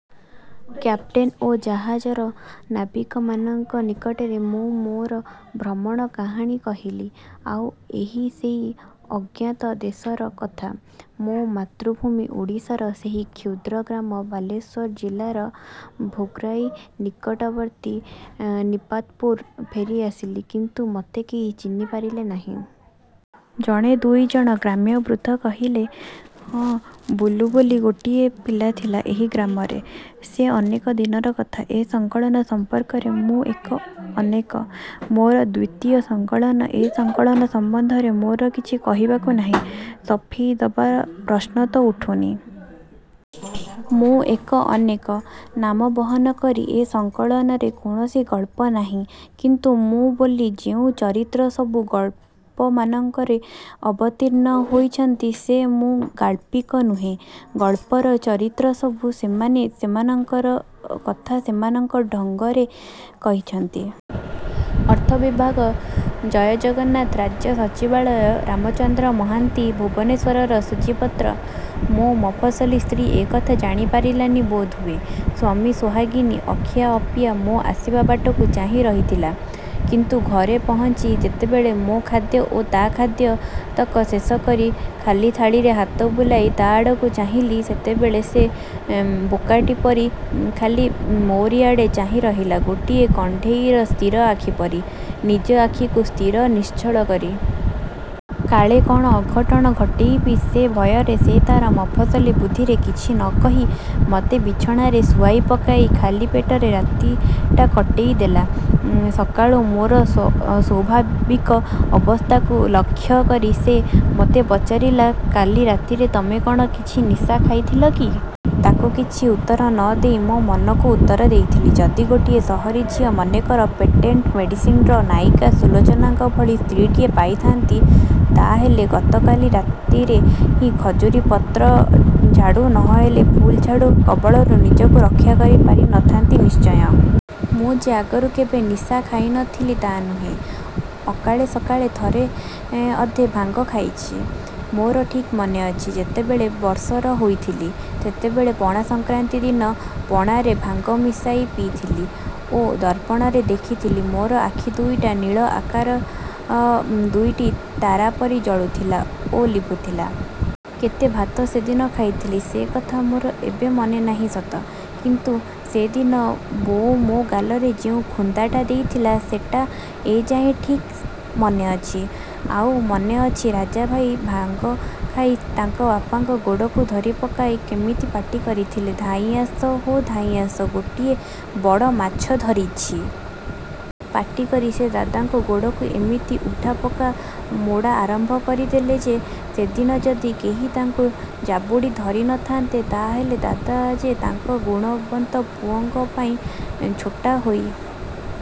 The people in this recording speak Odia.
କ୍ୟାପ୍ଟେନ ଓ ଜାହାଜର ନାବିକମାନଙ୍କ ନିକଟରେ ମୁଁ ମୋର ଭ୍ରମଣ କାହାଣୀ କହିଲି। ଆଉ ଏହି ସେହି ଅଜ୍ଞାତ ଦେଶର କଥା। ମୋ ମାତୃଭୂମି ଓଡ଼ିଶାର ସେହି କ୍ଷୁଦ୍ର ଗ୍ରାମ ବାଲେଶ୍ୱର ଜିଲ୍ଲାର ଭୋଗରାଇ ନିକଟବର୍ତ୍ତୀ ନିପାତପୁର ଫେରିଆସିଲି। କିନ୍ତୁ ମୋତେ କେହି ଚିହ୍ନିପାରିଲେ ନାହିଁ। ଜଣେ ଦୁଇ ଜଣ ଗ୍ରାମ୍ୟ ବୃଦ୍ଧ କହିଲେ, ''ହଁ, ବୁଲୁ ବୋଲି ଗୋଟିଏ ପିଲା ଥିଲା ଏହି ଗ୍ରାମରେ। ସେ ଅନେକ ଦିନର କଥା। ଏ ସଂକଳନ ସମ୍ପର୍କରେ 'ମୁଁ ଏକ ଅନେକ' ମୋର ଦ୍ୱିତୀୟ ସଂକଳନ! ଏ ସଂକଳନ ସମ୍ବନ୍ଧରେ ମୋର କିଛି କହିବାକୁ ନାହିଁ, ସଫେଇ ଦେବା ପ୍ରଶ୍ନ ତ ଉଠୁନି। 'ମୁଁ ଏକ ଅନେକ' ନାମ ବହନ କରି ଏ ସଂକଳନରେ କୌଣସି ଗଳ୍ପ ନାହିଁ। କିନ୍ତୁ 'ମୁଁ' ବୋଲି ଯେଉଁ ଚରିତ୍ର ସବୁ ଗଳ୍ପମାନଙ୍କରେ ଅବତୀର୍ଣ୍ଣ ହୋଇଛନ୍ତି ସେ 'ମୁଁ' ଗାଳ୍ପିକ ନୁହେଁ, ଗଳ୍ପର ଚରିତ୍ର ସବୁ। ସେମାନେ ସେମାନଙ୍କ କଥା ସେମାନଙ୍କ ଢଙ୍ଗରେ କହିଛନ୍ତି। ଅର୍ଥ ବିଭାଗ ଜୟ ଜଗନ୍ନାଥ ରାଜ୍ୟ ସଚିବାଳୟ ରାମଚନ୍ଦ୍ର ମହାନ୍ତି ଭୁବନେଶ୍ଵର- ସୂଚୀପତ୍ର ମୋ' ମଫସଲୀ ସ୍ତ୍ରୀ ଏ କଥା ଜାଣି ପାରିଲାନି ବୋଧହୁଏ। ସ୍ଵାମୀ ସୋହାଗିନୀ ଅଖିଆ ଅପିଆ ମୋ' ଆସିବା ବାଟକୁ ଚାହିଁ ରହିଥିଲା; କିନ୍ତୁ ମୁଁ ଘରେ ପହଞ୍ଚି ଯେତେବେଳେ ମୋ' ଖାଦ୍ୟ ଓ ତା' ଖାଦ୍ୟତକ ଶେଷକରି ଖାଲି ଥାଳୀରେ ହାତ ବୁଲେଇ ତା' ଆଡ଼କୁ ଚାହିଁଲି ସେତେବେଳେ ସେ ବୋକୀଟା ପରି ଖାଲି ମୋରିଆଡ଼େ ଚାହିଁ ରହିଲା ଗୋଟିଏ କଣ୍ଢେଇର ସ୍ଥିର ଆଖି ପରି ନିଜ ଆଖିକୁ ସ୍ଥିର, ନିଶ୍ଚଳ କରି। କାଳେ କ'ଣ ଅଘଟଣ ଘଟେଇବି ସେଇ ଭୟରେ ସେ ତା'ର ମଫସଲୀ ବୁଦ୍ଧିରେ କିଛି ନକହି ମୋତେ ବିଛଣାରେ ଶୁଆଇ ପକାଇ ଖାଲି ପେଟରେ ରାତିଟା କଟେଇ ଦେଲା। ସକାଳୁ ମୋର ସ୍ଵାଭାବିକ ଅବସ୍ଥାକୁ ଲକ୍ଷ୍ୟ କରି ସେ, ମୋତେ ପଚାରିଲା-କାଲି ରାତିରେ ତମେ କ'ଣ କିଛି ନିଶା ଖାଇଥିଲ କି? ତାକୁ କିଛି ଉତ୍ତର ନ ଦେଇ ମୋ' ମନକୁ ଉତ୍ତର ଦେଇଥିଲି-ଯଦି ଗୋଟିଏ ସହରୀ ଝିଅ ମନେକର ପେଟେଣ୍ଟ ମେଡ଼ିସିନ୍ର ନାୟିକା ସୁଲୋଚନାଙ୍କ ଭଳି ସ୍ତ୍ରୀଟିଏ ପାଇଥାନ୍ତି ତା'ହେଲେ ଗତରାତିରେ ହିଁ ଖଜୁରୀପତ୍ର ଝାଡ଼ୁ ନ ହେଲେ ଫୁଲଝାଡ଼ୁ କବଳରୁ ନିଜକୁ ରକ୍ଷା କରିପାରି ନଥାନ୍ତି ନିଶ୍ଚୟ। ମୁଁ ଯେ ଆଗରୁ କେବେ ନିଶା ଖାଇ ନଥିଲି ତା' ନୁହେଁ; ଅକାଳେ ସକାଳେ ଥରେ ଅଧେ ଭାଙ୍ଗ ଖାଇଛି। ମୋର ଠିକ୍ ମନେଅଛି ଯେତେବେଳେ। ବର୍ଷର ହୋଇଥିଲି ସେତେବେଳେ ପଣାସଂକ୍ରାନ୍ତି ଦିନ ପଣାରେ ଭାଙ୍ଗ ମିଶାଇ ପିଇଥିଲି ଓ ଦର୍ପଣରେ ଦେଖିଲି ମୋର ଆଖି ଦୁଇଟା ନୀଳ ଆକାର ଦୁଇଟି ତାରାପରି ଜଳୁଥିଲା ଓ ଲିଭୁଥିଲା। କେତେ ଭାତ ସେ ଦିନ ଖାଇଥିଲି ସେ କଥା ମୋର ଏବେ ମନେ ନାହିଁ ସତ; କିନ୍ତୁ ସେଦିନ ବୋଉ ମୋ' ଗାଲରେ ଯେଉଁ ଖୁନ୍ଦାଟା ଦେଇଥିଲା ସେ'ଟା ଏଯାଏ ଠିକ୍ ମନେ ଅଛି। ଆଉ ମନେଅଛି ରାଜାଭାଇ ଭାଙ୍ଗ ଖାଇ ତାଙ୍କ ବାପାଙ୍କ ଗୋଡ଼କୁ ଧରିପକାଇ କେମିତି ପାଟି କରିଥିଲେ-ଧାଇଁଆସ ହୋ ଧାଇଁଆସ ଗୋଟିଏ ବଡ଼ ମାଛ ଧରିଛି। ପାଟିକରି ସେ ଦାଦାଙ୍କ ଗୋଡ଼କୁ ଏମିତି ଉଠା, ପକା, ମୋଡ଼ା ଆରମ୍ଭ କରିଦେଲେ ଯେ ସେଦିନ ଯଦି କେହି ତାଙ୍କୁ ଜାବୁଡ଼ି ଧରି ନଥାନ୍ତେ ତା'ହେଲେ ଦାଦା ଯେ ତାଙ୍କ ଗୁଣବନ୍ତ ପୁଅଙ୍କ ପାଇଁ ଛୋଟା ହୋଇ